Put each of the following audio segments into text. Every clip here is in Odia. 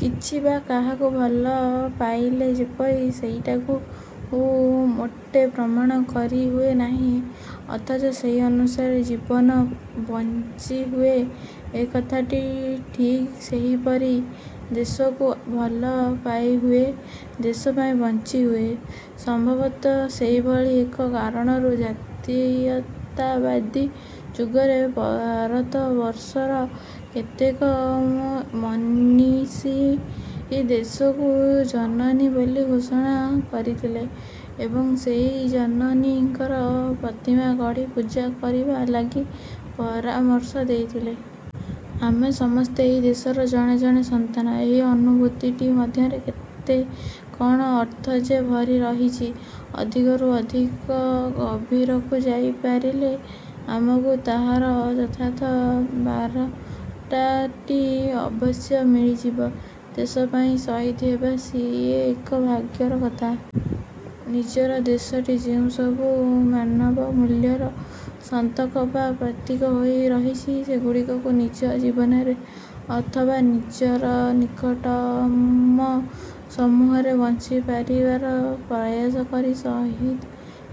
କିଛି ବା କାହାକୁ ଭଲ ପାଇଲେ ଯେପରି ସେଇଟାକୁ ମୋଟେ ପ୍ରମାଣ କରିହୁଏ ନାହିଁ ଅଥଚ ସେହି ଅନୁସାରେ ଜୀବନ ବଞ୍ଚିହୁଏ, ଏକଥାଟି ଠିକ୍ ସେହିପରି। ଦେଶକୁ ଭଲ ପାଇହୁଏ, ଦେଶ ପାଇଁ ବଞ୍ଚିହୁଏ। ସମ୍ଭବତଃ ସେହିଭଳି ଏକ କାରଣରୁ ଜାତୀୟତାବାଦୀ ଯୁଗରେ ଭାରତବର୍ଷର କେତେକ ମନୀଷୀ ଦେଶକୁ ଜନନୀ ବୋଲି ଘୋଷଣା କରିଥିଲେ ଏବଂ ସେହି ଜନନୀଙ୍କର ପ୍ରତିମା ଗଢ଼ି ପୂଜା କରିବା ଲାଗି ପରାମର୍ଶ ଦେଇଥିଲେ। ଆମେ ସମସ୍ତେ ଏହି ଦେଶର ଜଣେ ଜଣେ ସନ୍ତାନ, ଏହି ଅନୁଭବଟି ମଧ୍ୟରେ କେତେ କଣ ଅର୍ଥ ଯେ ଭରି ରହିଛି, ଅଧିକ ରୁ ଅଧିକ ଗଭୀରକୁ ଯାଇ ପାରିଲେ ଆମକୁ ତାହାର ଯଥାର୍ଥ ବାରତାଟି ଅବଶ୍ୟ ମିଳିଯିବ। ଦେଶ ପାଇଁ ସହିଦ ହେବା ସିଏ ଏକ ଭାଗ୍ୟର କଥା। ନିଜର ଦେଶଟି ଯେଉଁସବୁ ମାନବମୂଲ୍ୟର ସନ୍ତକ ବା ପ୍ରତୀକ ହୋଇ ରହିଛି, ସେଗୁଡ଼ିକୁ ନିଜ ଜୀବନରେ ଅଥବା ନିଜର ନିକଟତମ ସମୂହରେ ବଞ୍ଚି ପାରିବାର ପ୍ରୟାସ କରି ସହିଦ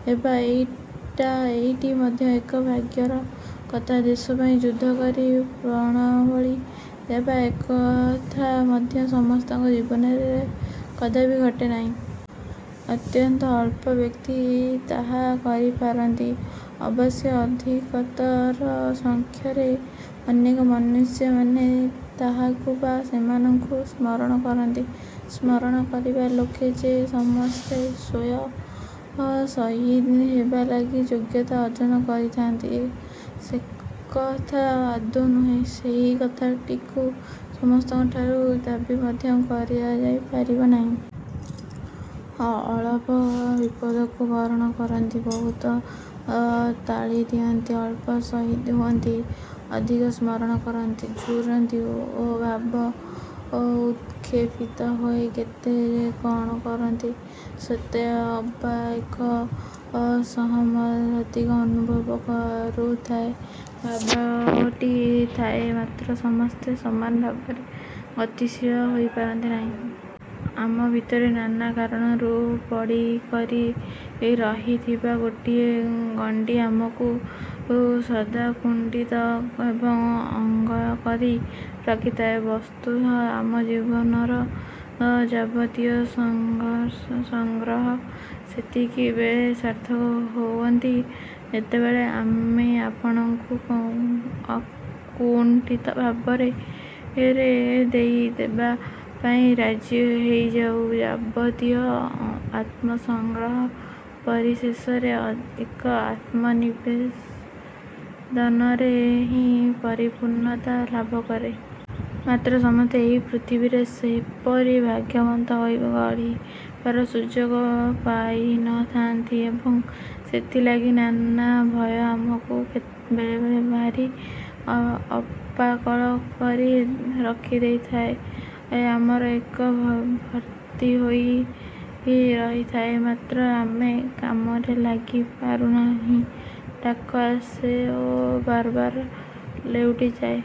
ହେବା, ଏଇଟା ଏଇଟି ମଧ୍ୟ ଏକ ଭାଗ୍ୟର କଥା। ଦେଶ ପାଇଁ ଯୁଦ୍ଧ କରି ପ୍ରାଣବଳି ଦେବା, ଏକଥା ମଧ୍ୟ ସମସ୍ତଙ୍କ ଜୀବନରେ କଦାପି ଘଟେ ନାହିଁ। ଅତ୍ୟନ୍ତ ଅଳ୍ପ ବ୍ୟକ୍ତି ତାହା କରିପାରନ୍ତି। ଅବଶ୍ୟ ଅଧିକତର ସଂଖ୍ୟାରେ ଅନ୍ୟ ମନୁଷ୍ୟମାନେ ତାହାକୁ ବା ସେମାନଙ୍କୁ ସ୍ମରଣ କରନ୍ତି। ସ୍ମରଣ କରିବା ଲୋକେ ଯେ ସମସ୍ତେ ସ୍ଵୟଂ ସହିଦ ହେବାଲାଗି ଯୋଗ୍ୟତା ଅର୍ଜନ କରିଥାନ୍ତି, ସେକଥା ଆଦୌ ନୁହେଁ। ସେହି କଥାଟିକୁ ସମସ୍ତଙ୍କ ଠାରୁ ଦାବି ମଧ୍ୟ କରାଯାଇ ପାରିବ ନାହିଁ। ଅଳପ ବିପଦକୁ ବରଣ କରନ୍ତି, ବହୁତ ତାଳି ଦିଅନ୍ତି, ଅଳ୍ପ ସହିଦ ହୁଅନ୍ତି, ଅଧିକ ସ୍ମରଣ କରନ୍ତି, ଝୁରନ୍ତି ଓ ଭାବ ଉତ୍କ୍ଷେପିତ ହୋଇ କେତେ କଣ କହନ୍ତି। ସତେ ଅବା ଏକ ସମଧର୍ମିତା ଅନୁଭବ କରୁଥାଏ। ଭାବଟି ଥାଏ, ମାତ୍ର ସମସ୍ତେ ସମାନ ଭାବରେ ଗତିଶୀଳ ହୋଇପାରନ୍ତି ନାହିଁ। ଆମ ଭିତରେ ନାନା କାରଣରୁ ପଡ଼ିକରି ରହିଥିବା ଗୁଡ଼ିଏ ଗଣ୍ଡି ଆମକୁ ସଦାକୁଣ୍ଡିତ ଏବଂ ଅମଙ୍ଗ କରି ରଖିଥାଏ। ବସ୍ତୁତଃ ଆମ ଜୀବନର ଯାବତୀୟ ସଂଗ୍ରହ ସେତିକିବେଳେ ସାର୍ଥକ ହୁଅନ୍ତି, ଯେତେବେଳେ ଆମେ ଆପଣାକୁ ଅକୁଣ୍ଠିତ ଭାବରେ ଦେଇଦେବା ପାଇଁ ରାଜି ହୋଇଯାଉ। ଯାବତୀୟ ଆତ୍ମସଂଗ୍ରହ ପରିଶେଷରେ ଏକ ଆତ୍ମନିବେଦନରେ ହିଁ ପରିପୂର୍ଣ୍ଣତା ଲାଭକରେ। ମାତ୍ର, ସମସ୍ତେ ଏହି ପୃଥିବୀରେ ସେପରି ଭାଗ୍ୟବନ୍ତ ହୋଇ ବଢ଼ିବାର ସୁଯୋଗ ପାଇନଥାନ୍ତି ଏବଂ ସେଥିଲାଗି ନାନା ଭୟ ଆମକୁ ବେଳେବେଳେ ଭାରି ଅପାକଳ କରି ରଖିଦେଇଥାଏ। ଆମର ଘର ଭର୍ତ୍ତି ହୋଇ ରହିଥାଏ, ମାତ୍ର ଆମେ କାମରେ ଲାଗି ପାରୁନାହିଁ। ଡାକ ଆସେ ଓ ବାରବାର ଲେଉଟିଯାଏ।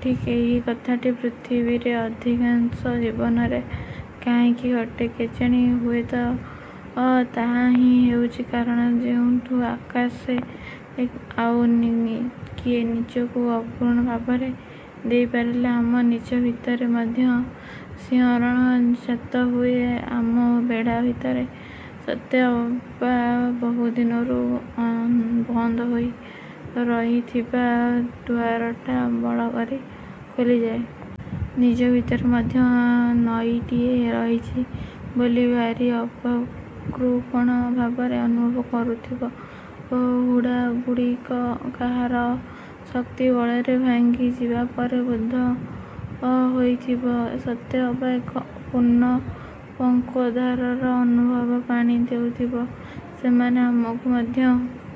ଠିକ୍ ଏହି କଥାଟି ପୃଥିବୀରେ ଅଧିକାଂଶଙ୍କର ଜୀବନରେ କାହିଁକି ଘଟେ କେଜାଣି? ହୁଏତ ତାହା ହିଁ ହେଉଛି କାରଣ, ଯେଉଁଥି ସକାଶେ ଆଉ କିଏ ନିଜକୁ ଅକୃପଣ ଭାବରେ ଦେଇପାରିଲେ ଆମ ନିଜ ଭିତରେ ମଧ୍ୟ ଶିହରଣ ଜାତହୁଏ, ଆମ ବେଢ଼ା ଭିତରେ ସତେଅବା ବହୁଦିନରୁ ବନ୍ଦ ହୋଇ ରହିଥିବା ଦୁଆରଟା ଧଡ଼ କରି ଖୋଲିଯାଏ। ନିଜ ଭିତରେ ମଧ୍ୟ ନଈଟିଏ ରହିଛି ବୋଲି ଭାରି ଅକୃପଣ ଭାବରେ ଅନୁଭବ କରୁଥିବ। ହୁଡ଼ାଗୁଡ଼ାକ କାହାର ଶକ୍ତିବଳରେ ଭାଙ୍ଗିଯିବା ପରି ବୋଧ ହେଉଥିବ। ସତେ ଅବା ଏକ ପୂର୍ଣ୍ଣ ପଙ୍କୋଦ୍ଧାରର ଅନୁଭବ ଆଣି ଦେଉଥିବ। ସେମାନେ ଆମକୁ ମଧ୍ୟ